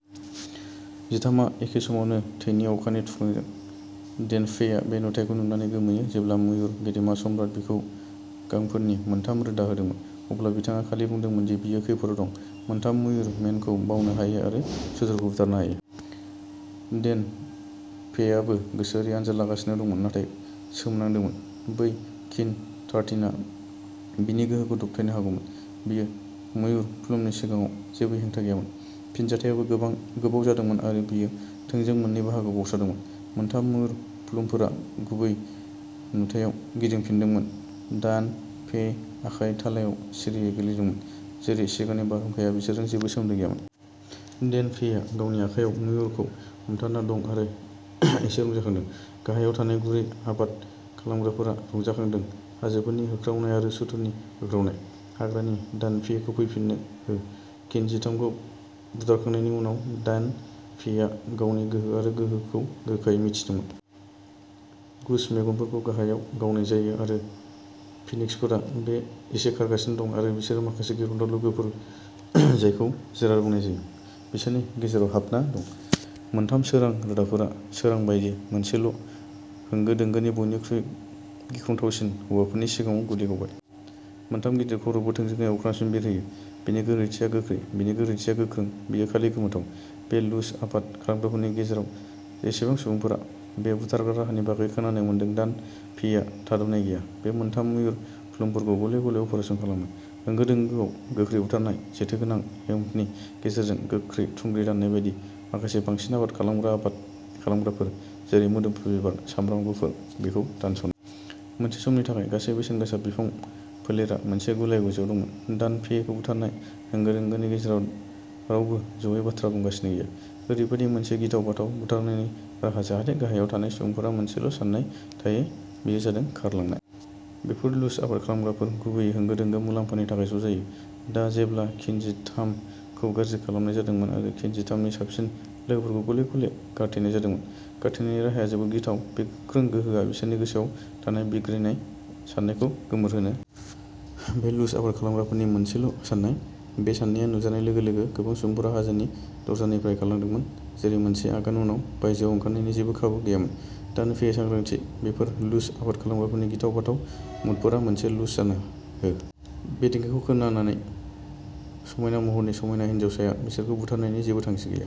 जिथामआ एखे समावनो थैनि अखानि थुख्राजों। डेन फेइया बे नुथायखौ नुनानै गोमोयो। जेब्ला मयुर गेदेमा सम्राटआ बिखौ गांफोरनि मोनथाम रोदा होदोंमोन, अब्ला बिथाङा खालि बुंदोंमोन दि बियो खैफोदआव दं। मोनथाम मयुर मेनखौ बावनो हायो आरो सुथुरखौ बुथारनो हायो। डेन फेइआबो गोसोआरि आनजाद लागासिनो दंमोन, नाथाय सोमोनांदोंमोन। बै किन थार्टिनआ बिनि गोहोखौ दबथायनो हागौमोन। बे मयुर प्लुमनि सिगाङाव, जेबो हेंथा गैयामोन। फिनजाथायाबो गोबाव जादोंमोन आरो बेयो थोंजों मोननै बाहागोआव गावस्रादोंमोन। मोनथाम मयुर प्लुमफोरा गुबै नुथायाव गिदिंफिनदोंमोन, दान फेइनि आखाइ थालायाव सिरियै गोलैदोंमोन, जेरै सिगांनि बारहुंखाया बिसोरजों जेबो सोमोन्दो गैयामोन। डेन फेइआ गावनि आखायाव मयुरखौ हमथाना दं आरो एसे रंजाखांदों। गाहायाव थानाय गुरै आबाद खालामग्राफोरा रंजाखांदों हाजोफोरनि होख्रावनाय आरो सुथुरनि होख्रावनाय। हाग्रानि, दान फेइखौ फैफिननो हो। किन जिथामखौ बुथारखांनायनि उनाव, दान फेइआ गावनि गोहो आरो गोहोखौ रोखायै मिथिदोंमोन। गुसु मेगनफोरखौ गाहायाव गावनाय जायो आरो फिनिक्सफोरा एसे खारगासिनो दं आरो बिसोरो माखासे गिख्रंथाव लोगोफोर जायखौ जिराद बुंनाय जायो, बिसोरनि गेजेराव हाबना दं। मोनथाम सोरां रोदाफोरा, सोरां बायदि मोनसेल' होंगो दोंगोनि बयनिख्रुइबो गिख्रंथावसिन हौवाफोरनि सिगाङाव गुलि गावबाय। मोनथाम गिदिर खर'फोर, थोंजोङै अख्रांसिम बिरहोयो। बेनि गोख्रैथिया गोख्रै, बेनि गोख्रैथिया गोख्रों, बेयो खालि गोमोथाव। बे लुज आबाद खालामग्राफोरनि गेजेराव बेसेबां सुबुंफोरा बे बुथारग्रा राहानि बागै खोनानो मोनदों दान फेइआ थाद'नाय गैया, बे मोनथाम मयुर प्लुमफोरखौ गले-गले अपारेसन खालामो, होंगो-दोंगोआव, गोख्रै बुथारनाय, जेथोगोनां हेंपनि गेजेरजों गोख्रै थुंग्रि दाननाय बायदि, माखासे बांसिन आबाद खालामग्रा आबाद खालामग्राफोर, जेरै मोदोमफ्रु बिबार सामब्राम गुफुर, बेखौ दानस'नाय। मोनसे समनि थाखाय, गासै बेसेनगोसा बिफां फोलेरा मोनसे गुलाय-गुजायाव दंमोन। दान फेइखौ बुथारनाय, होंगो-दोंगोनि गेजेराव रावबो ज'यै बाथ्रा बुंगासिनो गैया। ओरैबायदि मोनसे गिथाव-बाथाव बुथारनायनि राहा जाहाथे गाहायाव थानाय सुबुंफोरा मोनसेल' साननाय थायो, बेयो जादों खारलांनाय। बेफोर लुज आबाद खालामग्राफोर गुबैयै होंगो-दोंगो, मुलाम्फानि थाखाय ज' जायो। दा जेब्ला किन जिथाम खौ गाज्रि खालामनाय जादोंमोन आरो किन जिथाम नि साबसिन लोगोफोरखौ गले-गले गारथेनाय जादोंमोन। गारथेनायनि राहाया जोबोद गिथाव, बे गोख्रों गोहोआ बिसोरनि गोसोआव थानाय बिग्रायनाय साननायखौ गोमोरनो हो। बे लुज आबाद खालामग्राफोरनि मोनसेल' साननाय। बे सान्नाया नुजानाय लोगो लोगो गोबां सुबुंफोरा हाजोनि दरजानिफ्राय खारलांदोंमोन, जेरै मोनसे आगान उनाव बायजोआव ओंखारनायनि जेबो खाबु गैयामोन। दान फेइनि सांग्रांथि, बेफोर लुज आबाद खालामग्राफोरनि गिथाव-बाथाव मुडफोरा मोनसे लुज जानो हो। बे देंखोखौ खोनानानै समायना महरनि समायना हिनजावसाया बिसोरखौ बुथारनायनि जेबो थांखि गैया।